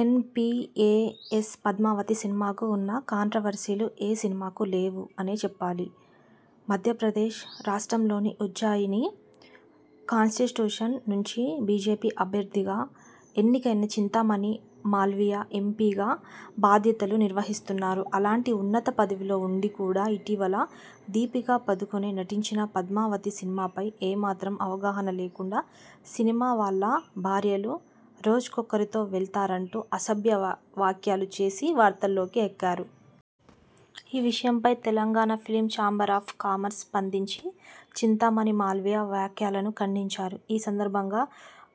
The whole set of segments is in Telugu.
N P A S 'Padmavati' సినిమాకు ఉన్న కాంట్రవర్సీలు ఏ సినిమాకు లేవు అనే చెప్పాలి. మధ్యప్రదేశ్ రాష్ట్రంలోని ఉజ్జయిని కాన్స్టిట్యూషన్ నుంచి బీజేపీ అభ్యర్థిగా ఎన్నికైన చింతామణి మాల్వియా ఎంపీగా బాధ్యతలు నిర్వహిస్తున్నారు. అలాంటి ఉన్నత పదవిలో ఉండి కూడా ఇటీవల దీపికా పదుకునే నటించిన 'పద్మావతి' సినిమాపై ఏమాత్రం అవగాహన లేకుండా సినిమా వాళ్ళ భార్యలు రోజుకొకరితో వెళ్తారంటూ అసభ్య వ్యాఖ్యలు చేసి వార్తల్లోకి ఎక్కారు. ఈ విషయంపై Telangana film chamber of commerce స్పందించి చింతామణి మాల్వియా వ్యాఖ్యలను ఖండించారు. ఈ సందర్బంగా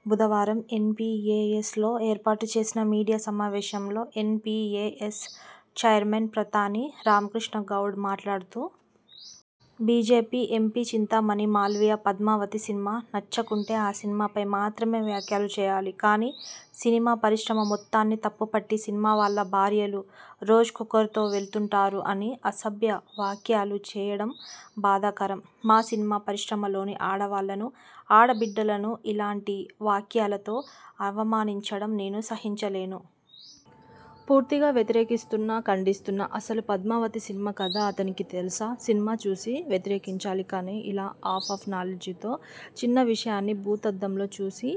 బుధవారం ఎన్ పి ఏ ఎస్ లో ఏర్పాటు చేసిన మీడియా సమావేశంలో N P A S chairman Pratani Ramakrishna Goud మాట్లాడుతూ.. ''BJP MP Chintamani Malviya 'Padmavati' cinema నచ్చకుంటే ఆ సినిమాపై మాత్రమే వ్యాఖ్యలు చేయాలి కానీ సినిమా పరిశ్రమ మొత్తాన్ని తప్పు పట్టి సినిమా వాళ్ళ భార్యలు రోజుకొకరితో వెళ్తుంటారు అని అసభ్య వ్యాఖ్యాలు చేయడం బాధాకరం. మా సినిమా పరిశ్రమలోని ఆడవాళ్లను, ఆడ బిడ్డలను ఇలాంటి వాఖ్యాలతో అవమానించడం నేను సహించలేను. పూర్తిగా వ్యతిరేకిస్తున్నా, ఖండిస్తున్నా. అసలు పద్మావతి సినిమా కథ అతనికి తెలుసా? సినిమా చూసి వ్యతిరేకించాలి కానీ ఇలా ఆఫ్ ఆఫ్ నాలెడ్జితో చిన్న విషయాన్ని భూతద్దంలో చూసి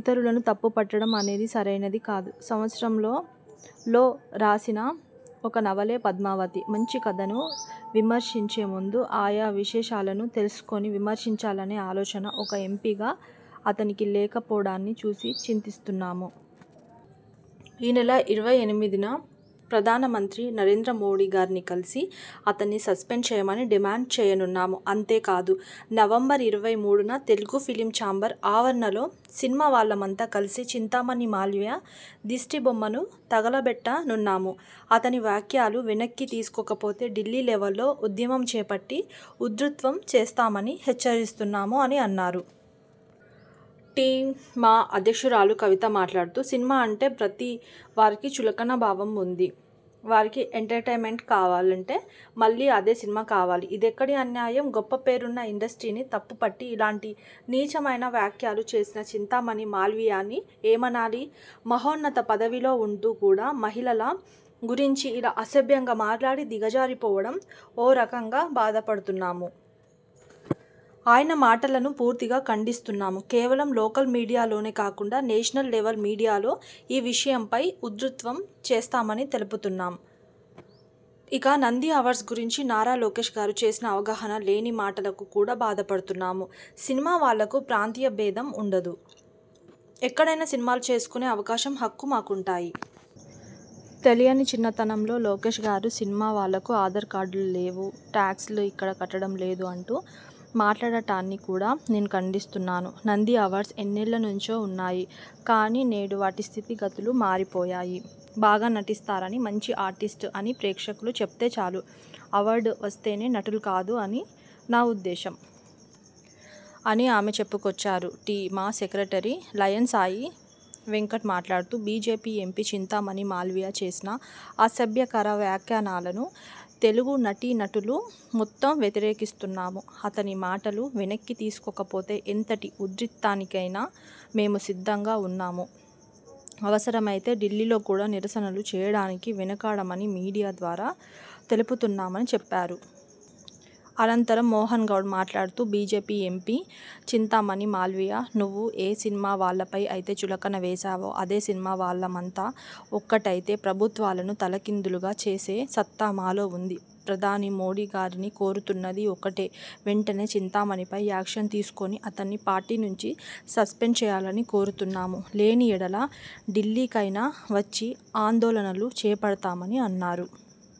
ఇతరులను తప్పుపట్టడం అనేది సరైనది కాదు. సంవత్సరంలో లో రాసిన ఒక నవలే పద్మావతి. మంచి కథను విమర్శించే ముందు ఆయా విశేషాలను తెలుసుకొని విమర్శించాలనే ఆలోచన ఒక ఎంపీగా అతనికి లేకపోవడాన్ని చూసి చింతిస్తున్నాము. ఈ నెల ఇరవై ఎనిమిదిన ప్రధాన మంత్రి నరేంద్ర మోడీ గారిని కలసి అతన్ని సస్పెండ్ చేయమని డిమాండ్ చేయనున్నాము. అంతే కాదు నవంబర్ ఇరవై మూడున తెలుగు ఫిలిం ఛాంబర్ ఆవరణలో సినిమా వాళ్లమంతా కలసి చింతామణి మాల్వియా దిష్టి బొమ్మను తగలబెట్టనున్నాము. అతని వాఖ్యాలు వెనక్కి తీసుకోకపోతే ఢిల్లీ లెవెల్లో ఉద్యమం చేపట్టి ఉధృతం చేస్తామని హెచ్చరిస్తున్నాము'' అని అన్నారు. టీంస్. మా అధ్యక్షురాలు కవిత మాట్లాడుతూ.. ''సినిమా అంటే ప్రతి వారికి చులకన భావం ఉంది. వారికి ఎంటర్టైన్ మెంట్ కావాలంటే మళ్ళీ అదే సినిమా కావాలి. ఇదెక్కడి అన్యాయం. గొప్ప పేరున్న ఇండస్ట్రీని తప్పుపట్టి ఇలాంటి నీచమైన వ్యాఖ్యాలు చేసిన చింతామణి మాల్వియాని ఏమనాలి? మహోన్నత పదవిలో ఉంటూ కూడా మహిళల గురించి ఇలా అసభ్యంగా మాట్లాడి దిగజారి పోవడం ఓ రకంగా బాధపడుతున్నాము. ఆయన మాటలను పూర్తిగా ఖండిస్తున్నాము. కేవలం లోకల్ మీడియాలోనే కాకుండా నేషనల్ లెవెల్ మీడియాలో ఈ విషయంపై ఉధృత్వం చేస్తామని తెలుపుతున్నాం. ఇక నంది అవార్డ్స్ గురుంచి నారా లోకేష్ గారు చేసిన అవగాహన లేని మాటలకు కూడా బాధపడుతున్నాము. సినిమా వాళ్లకు ప్రాంతీయ భేధం ఉండదు, ఎక్కడైనా సినిమాలు చేసుకునే అవకాశం హక్కు మాకుంటాయి. తెలియని చిన్నతనంతో లోకేష్ గారు సినిమా వాళ్లకు ఆధార్ కార్డులు లేవు, టాక్స్ లు ఇక్కడ కట్టడం లేదు అంటూ మాట్లాడటాన్ని కూడా నేను ఖండిస్తున్నాను. నంది అవార్డ్స్ ఎన్నేళ్ల నుంచో ఉన్నాయి. కానీ నేడు వాటి స్థితి గతులు మారిపోయాయి. బాగా నటిస్తారని, మంచి ఆర్టిస్ట్ అని ప్రేక్షకులు చెపితే చాలు అవార్డు వస్తేనే నటులు కాదు అని నా ఉద్దేశ్యం.. '' అని ఆమె చెప్పుకొచ్చారు. టి. మా సెక్రటరీ లయన్ సాయి వెంకట్ మాట్లాడుతూ.. ''బీజేపీ ఎంపీ చింతామణి మాల్వియా చేసిన అసభ్యకర వ్యాఖ్యాలను తెలుగు నటీనటులు మొత్తం వ్యతిరేకిస్తున్నాము. అతని మాటలు వెనక్కి తీసుకోకపోతే ఎంతటి ఉధృత్తానికైనా మేము సిద్ధంగా ఉన్నాము. అవసరమైతే ఢిల్లీలో కూడా నిరసనలు చేయడానికి వెనుకాడమని మీడియా ద్వారా తెలుపుతున్నామని'' చెప్పారు. అనంతరం మోహన్ గౌడ్ మాట్లాడుతూ.. ''బీజేపీ ఎంపీ చింతామణి మాల్వియా.. నువ్వు ఏ సినిమా వాళ్లపై అయితే చులకన వేసావో అదే సినిమా వాళ్లమంతా ఒక్కటైతే ప్రభుత్వాలను తలకిందులుగా చేసే సత్తా మాలో ఉంది. ప్రధాని మోడీ గారిని కోరుతున్నది ఒక్కటే వెంటనే చింతామణిపై యాక్షన్ తీసుకొని అతన్ని పార్టీ నుంచి సస్పెండ్ చేయాలని కోరుతున్నాము. లేని యెడల ఢిల్లీకైనా వచ్చి ఆందోళనలు చేపడతామని'' అన్నారు.